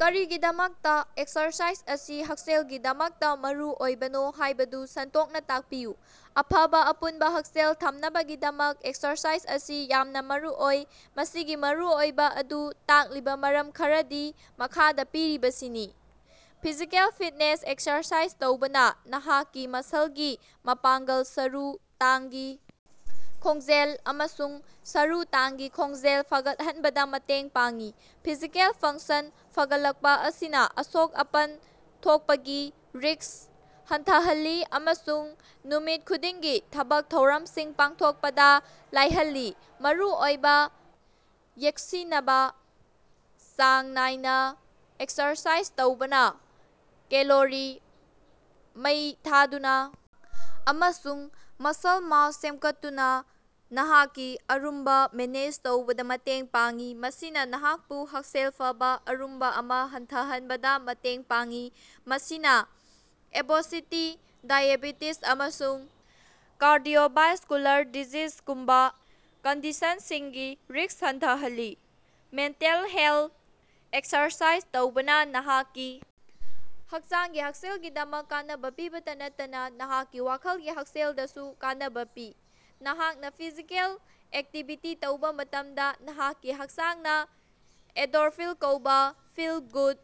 ꯀꯔꯤꯒꯤꯗꯃꯛꯇ ꯑꯦꯛꯁꯔꯁꯥꯏꯖ ꯑꯁꯤ ꯍꯛꯁꯦꯜꯒꯤꯗꯃꯛꯇꯥ ꯃꯔꯨꯑꯣꯏꯕꯅꯣ ꯍꯥꯏꯕꯗꯨ ꯁꯟꯗꯣꯛꯅ ꯇꯥꯛꯄꯤꯌꯨ꯫ ꯑꯐꯕ ꯑꯄꯨꯟꯕ ꯍꯛꯁꯦꯜ ꯊꯝꯅꯕꯒꯤꯗꯃꯛ ꯑꯦꯛꯁꯔꯁꯥꯏꯖ ꯑꯁꯤ ꯌꯥꯝꯅ ꯃꯔꯨꯑꯣꯏ꯫ ꯃꯁꯤꯒꯤ ꯃꯔꯨꯑꯣꯏꯕꯥ ꯑꯗꯨ ꯇꯥꯛꯂꯤꯕꯥ ꯃꯔꯝ ꯈꯔꯗꯤ ꯃꯈꯥꯗꯥ ꯄꯤꯔꯤꯕꯁꯤꯡꯁꯤꯅꯤ: ꯐꯤꯖꯤꯀꯦꯜ ꯐꯤꯠꯅꯦꯁ ꯑꯦꯛꯁꯔꯁꯥꯏꯖ ꯇꯧꯕꯅꯥ ꯅꯍꯥꯛꯀꯤ ꯃꯁꯂꯒꯤ ꯃꯄꯥꯡꯒꯜ, ꯁꯔꯨ ꯇꯥꯡꯒꯤ ꯈꯣꯡꯖꯦꯜ ꯑꯃꯁꯨꯡ ꯁꯔꯨ ꯇꯥꯡꯒꯤ ꯈꯣꯡꯖꯦꯜ ꯐꯒꯠꯍꯟꯕꯗꯥ ꯃꯇꯦꯡ ꯄꯥꯡꯏ꯫ ꯐꯤꯖꯤꯀꯦꯜ ꯐꯪꯛꯁꯟ ꯐꯒꯠꯂꯛꯄꯥ ꯑꯁꯤꯅꯥ ꯑꯁꯣꯛ-ꯑꯄꯟ ꯊꯣꯛꯄꯒꯤ ꯔꯤꯁꯛ ꯍꯟꯊꯍꯜꯂꯤ ꯑꯃꯁꯨꯡ ꯅꯨꯃꯤꯠ ꯈꯨꯗꯤꯡꯒꯤ ꯊꯕꯛ ꯊꯧꯔꯝꯁꯤꯡ ꯄꯥꯡꯊꯣꯛꯄꯗꯥ ꯂꯥꯏꯍꯜꯂꯤ ꯫ ꯑꯔꯨꯝꯕꯥ ꯌꯦꯡꯁꯤꯅꯕꯥ: ꯆꯥꯡ ꯅꯥꯏꯅꯥ ꯑꯦꯛꯁꯔꯁꯥꯏꯖ ꯇꯧꯕꯅꯥ ꯀꯦꯂꯣꯔꯤ ꯃꯩ ꯊꯥꯗꯨꯅꯥ ꯑꯃꯁꯨꯡ ꯃꯁꯜ ꯃꯥꯁ ꯁꯦꯝꯒꯠꯇꯨꯅꯥ ꯅꯍꯥꯛꯀꯤ ꯑꯔꯨꯝꯕꯥ ꯃꯦꯅꯦꯖ ꯇꯧꯕꯗꯥ ꯃꯇꯦꯡ ꯄꯥꯡꯏ꯫ ꯃꯁꯤꯅꯥ ꯅꯍꯥꯛꯄꯨ ꯍꯛꯁꯦꯜ ꯐꯕꯥ ꯑꯔꯨꯝꯕꯥ ꯑꯃꯥ ꯐꯪꯍꯟꯕꯗꯥ ꯃꯇꯦꯡ ꯄꯥꯡꯏ, ꯃꯁꯤꯅꯥ ꯑꯣꯕꯦꯁꯤꯇꯤ, ꯗꯥꯏꯑꯦꯕꯦꯇꯤꯖ, ꯑꯃꯁꯨꯡ ꯀꯥꯔꯗꯤꯑꯣꯚꯥꯁ꯭ꯀꯨꯂꯥꯔ ꯗꯤꯖꯤꯖꯒꯨꯝꯕꯥ ꯀꯟꯗꯤꯁꯟꯁꯤꯡꯒꯤ ꯔꯤꯁꯛ ꯍꯟꯊꯍꯜꯂꯤ꯫ ꯃꯦꯟꯇꯦꯜ ꯍꯦꯜꯊ: ꯑꯦꯛꯁꯔꯁꯥꯏꯖ ꯇꯧꯕꯅꯥ ꯅꯍꯥꯛꯀꯤ ꯍꯛꯆꯥꯡꯒꯤ ꯍꯛꯁꯦꯜꯒꯤꯗꯃꯛ ꯀꯥꯟꯅꯕꯥ ꯄꯤꯕꯇꯥ ꯅꯠꯇꯔꯅꯥ ꯅꯍꯥꯛꯀꯤ ꯋꯥꯈꯜꯒꯤ ꯍꯛꯁꯦꯜꯗꯁꯨ ꯀꯥꯟꯅꯕꯥ ꯄꯤ꯫ ꯅꯍꯥꯛꯅꯥ ꯐꯤꯖꯤꯀꯦꯜ ꯑꯦꯛꯇꯤꯚꯤꯇꯤ ꯇꯧꯕꯥ ꯃꯇꯝꯗꯥ, ꯅꯍꯥꯛꯀꯤ ꯍꯛꯆꯥꯡꯅꯥ ꯑꯦꯟꯗꯣꯔꯐꯤꯟ ꯀꯧꯕꯥ ꯐꯤꯜ-ꯒꯨꯗ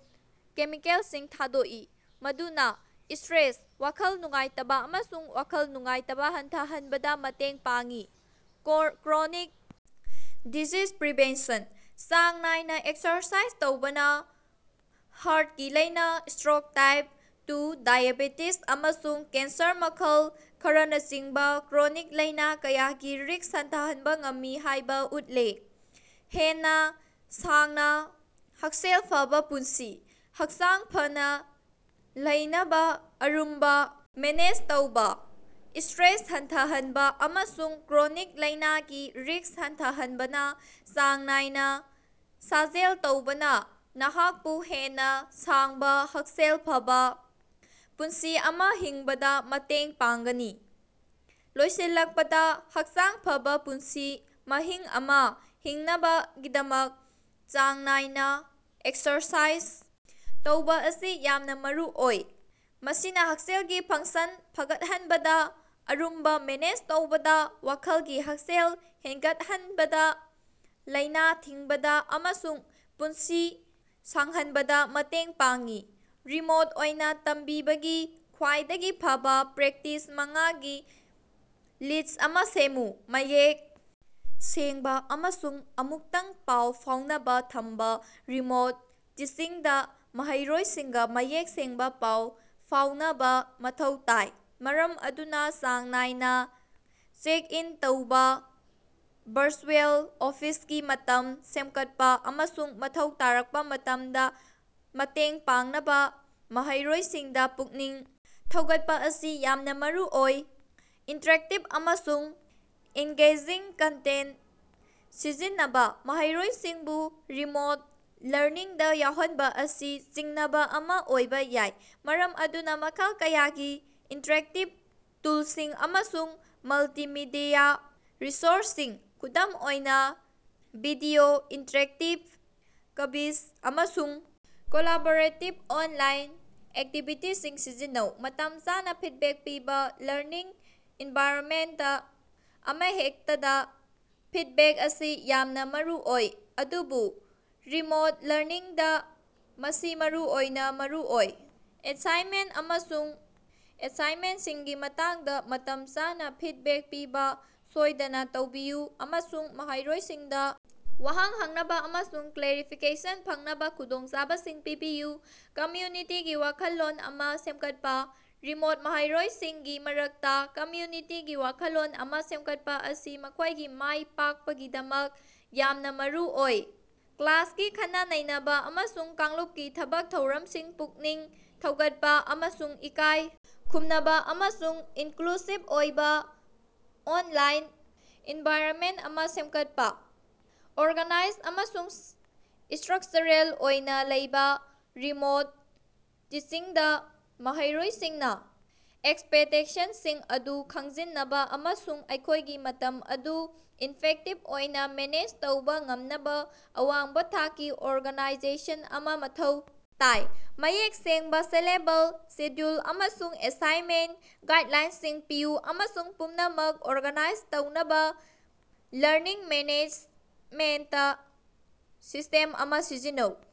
ꯀꯦꯃꯤꯀꯦꯜꯁꯤꯡ ꯊꯥꯗꯣꯛꯏ, ꯃꯗꯨꯅꯥ ꯁ꯭ꯇꯔꯦꯁ, ꯋꯥꯈꯜ ꯅꯨꯡꯉꯥꯏꯇꯕꯥ ꯑꯃꯁꯨꯡ ꯋꯥꯈꯜ ꯅꯨꯡꯉꯥꯏꯇꯕꯥ ꯍꯟꯊꯍꯟꯕꯗꯥ ꯃꯇꯦꯡ ꯄꯥꯡꯏ꯫ ꯀ꯭ꯔꯣꯅꯤꯛ ꯗꯤꯖꯤꯖ ꯄ꯭ꯔꯤꯚꯦꯟꯁꯟ: ꯆꯥꯡ ꯅꯥꯏꯅꯥ ꯑꯦꯛꯁꯔꯁꯥꯏꯖ ꯇꯧꯕꯅꯥ ꯍꯥꯔꯇꯀꯤ ꯂꯥꯏꯅꯥ, ꯁ꯭ꯇꯔꯣꯛ, ꯇꯥꯏꯞ ꯇꯨ ꯗꯥꯏꯑꯦꯕꯦꯇꯤꯖ, ꯑꯃꯁꯨꯡ ꯀꯦꯟꯁꯔ ꯃꯈꯜ ꯈꯔꯅꯆꯤꯡꯕꯥ ꯀ꯭ꯔꯣꯅꯤꯛ ꯂꯥꯏꯅꯥ ꯀꯌꯥꯒꯤ ꯔꯤꯁꯛ ꯍꯟꯊꯍꯟꯕ ꯉꯝꯃꯤ ꯍꯥꯏꯕꯥ ꯎꯠꯂꯦ꯫ ꯍꯦꯟꯅꯥ ꯁꯥꯡꯅꯥ, ꯍꯛꯁꯦꯜ ꯐꯕꯥ ꯄꯨꯟꯁꯤ: ꯍꯛꯆꯥꯡ ꯐꯅꯥ ꯂꯩꯍꯅꯕꯥ, ꯑꯔꯨꯝꯕꯥ ꯃꯦꯅꯦꯖ ꯇꯧꯕꯥ, ꯁ꯭ꯇꯔꯦꯁ ꯍꯟꯊꯍꯟꯕ ꯑꯃꯁꯨꯡ ꯀ꯭ꯔꯣꯅꯤꯛ ꯂꯥꯏꯅꯥꯒꯤ ꯔꯤꯁꯛ ꯍꯟꯊꯍꯟꯕꯅꯥ ꯆꯥꯡ ꯅꯥꯏꯅꯥ ꯁꯥꯖꯦꯜ ꯇꯧꯕꯅꯥ ꯅꯍꯥꯛꯄꯨ ꯍꯦꯟꯅꯥ ꯁꯥꯡꯕꯥ, ꯍꯛꯁꯦꯜ ꯐꯕꯥ ꯄꯨꯟꯁꯤ ꯑꯃꯥ ꯍꯤꯡꯕꯗꯥ ꯃꯇꯦꯡ ꯄꯥꯡꯒꯅꯤ꯫ ꯂꯣꯏꯁꯤꯜꯂꯛꯄꯗꯥ, ꯍꯛꯆꯥꯡ ꯐꯕꯥ ꯄꯨꯟꯁꯤ ꯃꯍꯤꯡ ꯑꯃ ꯍꯤꯡꯅꯕꯒꯤꯗꯃꯛ ꯆꯥꯡ ꯅꯥꯏꯅꯥ ꯑꯦꯛꯁꯔꯁꯥꯏꯖ ꯇꯧꯕꯥ ꯑꯁꯤ ꯌꯥꯝꯅꯥ ꯃꯔꯨꯑꯣꯏ꯫ ꯃꯁꯤꯅꯥ ꯍꯛꯆꯥꯡꯒꯤ ꯐꯪꯛꯁꯟ ꯐꯒꯠꯍꯟꯕꯗꯥ, ꯑꯔꯨꯝꯕꯥ ꯃꯦꯅꯦꯖ ꯇꯧꯕꯗꯥ, ꯋꯥꯈꯜꯒꯤ ꯍꯛꯁꯦꯜ ꯍꯦꯟꯒꯠꯍꯅꯕꯗꯥ, ꯂꯥꯏꯅꯥ ꯊꯤꯡꯕꯗꯥ ꯑꯃꯁꯨꯡ ꯄꯨꯟꯁꯤ ꯁꯥꯡꯍꯅꯕꯗꯥ ꯃꯇꯦꯡ ꯄꯥꯡꯏ꯫ ꯔꯤꯃꯣꯠ ꯑꯣꯏꯅꯥ ꯇꯝꯕꯤꯕꯒꯤ ꯈ꯭ꯋꯥꯏꯗꯒꯤ ꯐꯕꯥ ꯄ꯭ꯔꯦꯛꯇꯤꯁ ꯃꯉꯥ ꯒꯤ ꯂꯤꯁꯠ ꯑꯃ ꯁꯦꯝꯃꯨ꯫ ꯃꯌꯦꯛ ꯁꯦꯡꯕꯥ ꯑꯃꯁꯨꯡ ꯑꯃꯨꯛꯇꯪ ꯄꯥꯎ ꯐꯥꯎꯅꯕꯥ ꯊꯝꯕꯥ ꯔꯤꯃꯣꯠ ꯇꯤꯆꯤꯡꯗꯥ ꯃꯍꯩꯔꯣꯏꯁꯤꯡꯒꯥ ꯃꯌꯦꯛ ꯁꯦꯡꯕꯥ ꯄꯥꯎ ꯐꯥꯑꯣꯅꯕꯥ ꯃꯊꯧ ꯇꯥꯏ, ꯃꯔꯝ ꯑꯗꯨꯅꯥ ꯆꯥꯡ ꯅꯥꯏꯅꯥ ꯆꯦꯛ-ꯏꯟ ꯇꯧꯕꯥ, ꯚꯔꯆꯨꯑꯦꯜ ꯑꯣꯐꯤꯁꯀꯤ ꯃꯇꯝ ꯁꯦꯝꯒꯠꯄꯥ, ꯑꯃꯁꯨꯡ ꯃꯊꯧ ꯇꯥꯔꯛꯄꯥ ꯃꯇꯝꯗ ꯃꯇꯦꯡ ꯄꯥꯡꯅꯕꯥ ꯃꯍꯩꯔꯣꯏꯁꯤꯡꯗꯥ ꯄꯨꯛꯅꯤꯡ ꯊꯧꯒꯠꯄꯥ ꯑꯁꯤ ꯌꯥꯝꯅꯥ ꯃꯔꯨꯑꯣꯏ꯫ ꯏꯟꯇꯔꯦꯛꯇꯤꯕ ꯑꯃꯁꯨꯡ ꯑꯦꯡꯒꯦꯖꯤꯡ ꯀꯟꯇꯦꯟꯇ ꯁꯤꯖꯤꯟꯅꯕꯥ: ꯃꯍꯩꯔꯣꯏꯁꯤꯡꯕꯨ ꯔꯤꯃꯣꯠ ꯂꯔꯅꯤꯡꯗꯥ ꯌꯥꯎꯍꯟꯕꯥ ꯑꯁꯤ ꯁꯤꯡꯅꯕꯥ ꯑꯃ ꯑꯣꯏꯕꯥ ꯌꯥꯏ, ꯃꯔꯝ ꯑꯗꯨꯅꯥ ꯃꯈꯜ ꯀꯌꯥꯒꯤ ꯏꯟꯇꯔꯦꯛꯇꯤꯕ ꯇꯨꯜꯁꯤꯡ ꯑꯃꯁꯨꯡ ꯃꯜꯇꯤꯃꯤꯗꯤꯌꯥ ꯔꯤꯁꯣꯔꯁꯁꯤꯡ, ꯈꯨꯗꯝ ꯑꯣꯏꯅꯥ ꯚꯤꯗꯤꯑꯣ, ꯏꯟꯇꯔꯦꯛꯇꯤꯕ ꯀ꯭ꯕꯤꯖ, ꯑꯃꯁꯨꯡ ꯀꯣꯂꯥꯕꯣꯔꯦꯇꯤꯕ ꯑꯣꯟꯂꯥꯏꯟ ꯑꯦꯛꯇꯤꯕꯤꯇꯤꯁꯤꯡ ꯁꯤꯖꯤꯟꯅꯧ꯫ ꯃꯇꯝ ꯆꯥꯅꯥ ꯐꯤꯗꯕꯦꯛ ꯄꯤꯕꯥ ꯂꯔꯅꯤꯡ ꯑꯦꯟꯚꯥꯏꯔꯅꯃꯦꯟꯇ ꯑꯃꯍꯦꯛꯇꯗꯥ ꯐꯤꯗꯕꯦꯛ ꯑꯁꯤ ꯌꯥꯝꯅꯥ ꯃꯔꯨꯑꯣꯏ, ꯑꯗꯨꯕꯨ ꯔꯤꯃꯣꯠ ꯂꯔꯅꯤꯡꯗꯥ ꯃꯁꯤ ꯃꯔꯨꯑꯣꯏꯅꯥ ꯃꯔꯨꯑꯣꯏ꯫ ꯑꯦꯁꯥꯏꯟꯃꯦꯟꯇ ꯑꯃꯁꯨꯡ ꯑꯦꯁꯦꯁꯃꯦꯟꯇꯁꯤꯡꯒꯤ ꯃꯇꯥꯡꯗꯥ ꯃꯇꯝ ꯆꯥꯅꯥ ꯐꯤꯗꯕꯦꯛ ꯄꯤꯕꯥ ꯁꯣꯏꯗꯅꯥ ꯇꯧꯕꯤꯌꯨ, ꯑꯃꯁꯨꯡ ꯃꯍꯩꯔꯣꯏꯁꯤꯡꯗꯥ ꯋꯥꯍꯪ ꯍꯪꯅꯕꯥ ꯑꯃꯁꯨꯡ ꯀ꯭ꯂꯦꯔꯤꯐꯤꯀꯦꯁꯟ ꯐꯪꯅꯕꯒꯤ ꯈꯨꯗꯣꯡꯆꯥꯕꯁꯤꯡ ꯄꯤꯕꯤꯌꯨ꯫ ꯀꯝꯃ꯭ꯌꯨꯅꯤꯇꯤꯒꯤ ꯋꯥꯈꯜꯂꯣꯟ ꯑꯃꯥ ꯁꯦꯝꯒꯠꯄꯥ: ꯔꯤꯃꯣꯠ ꯃꯍꯩꯔꯣꯏꯁꯤꯡꯒꯤ ꯃꯔꯛꯇꯥ ꯀꯝꯃ꯭ꯌꯨꯅꯤꯇꯤꯒꯤ ꯋꯥꯈꯜꯂꯣꯟ ꯑꯃꯥ ꯁꯦꯝꯒꯠꯄꯥ ꯑꯁꯤ ꯃꯈꯣꯏꯒꯤ ꯃꯥꯏ ꯄꯥꯛꯄꯒꯤꯗꯃꯛ ꯌꯥꯝꯅꯥ ꯃꯔꯨꯑꯣꯏ꯫ ꯀ꯭ꯂꯥꯁꯀꯤ ꯈꯟꯅ-ꯅꯩꯅꯕꯥ ꯑꯃꯁꯨꯡ ꯀꯥꯡꯂꯨꯞꯀꯤ ꯊꯕꯛ-ꯊꯧꯔꯝꯁꯤꯡ ꯄꯨꯛꯅꯤꯡ ꯊꯧꯒꯠꯄꯥ, ꯑꯃꯁꯨꯡ ꯏꯀꯥꯏ ꯈꯨꯝꯅꯕꯥ ꯑꯃꯁꯨꯡ ꯏꯟꯀꯂꯨꯁꯤꯚ ꯑꯣꯏꯕꯥ ꯑꯣꯟꯂꯥꯏꯟ ꯑꯦꯟꯚꯥꯏꯔꯅꯃꯦꯟꯇ ꯑꯃꯥ ꯁꯦꯝꯒꯠꯄꯥ꯫ ꯑꯣꯔꯒꯥꯅꯥꯏꯖ ꯑꯃꯁꯨꯡ ꯁ꯭ꯇꯔꯛꯆꯔꯦꯜ ꯑꯣꯏꯅꯥ ꯂꯩꯕꯥ ꯔꯤꯃꯣꯠ ꯇꯤꯆꯤꯡꯗꯥ ꯃꯍꯩꯔꯣꯏꯁꯤꯡꯅ ꯑꯦꯛꯁꯄꯦꯛꯇꯦꯁꯟꯁꯤꯡ ꯑꯗꯨ ꯈꯪꯖꯤꯅꯕꯥ ꯑꯃꯁꯨꯡ ꯃꯈꯣꯏꯒꯤ ꯃꯇꯝ ꯑꯗꯨ ꯏꯐꯦꯛꯇꯤꯚ ꯑꯣꯏꯅꯥ ꯃꯦꯅꯦꯖ ꯇꯧꯕꯥ ꯉꯝꯅꯕꯥ ꯑꯋꯥꯡꯕ ꯊꯥꯛꯀꯤ ꯑꯣꯔꯒꯥꯅꯥꯏꯖꯦꯁꯟ ꯑꯃꯥ ꯃꯊꯧ ꯇꯥꯏ꯫ ꯃꯌꯦꯛ ꯁꯦꯡꯕꯥ ꯁꯤꯂꯦꯕꯁ, ꯁꯦꯗ꯭ꯌꯨꯜ, ꯑꯃꯁꯨꯡ ꯑꯦꯁꯥꯏꯟꯃꯦꯟꯇ ꯒꯥꯏꯗꯂꯥꯏꯟꯁꯤꯡ ꯄꯤꯌꯨ, ꯑꯃꯁꯨꯡ ꯄꯨꯝꯅꯃꯛ ꯑꯣꯔꯒꯥꯅꯥꯏꯖ ꯇꯧꯅꯕ ꯂꯔꯅꯤꯡ ꯃꯦꯅꯦꯖꯃꯦꯟꯇ ꯁꯤꯁꯇꯦꯝ ꯑꯃꯥ ꯁꯤꯖꯤꯟꯅꯧ꯫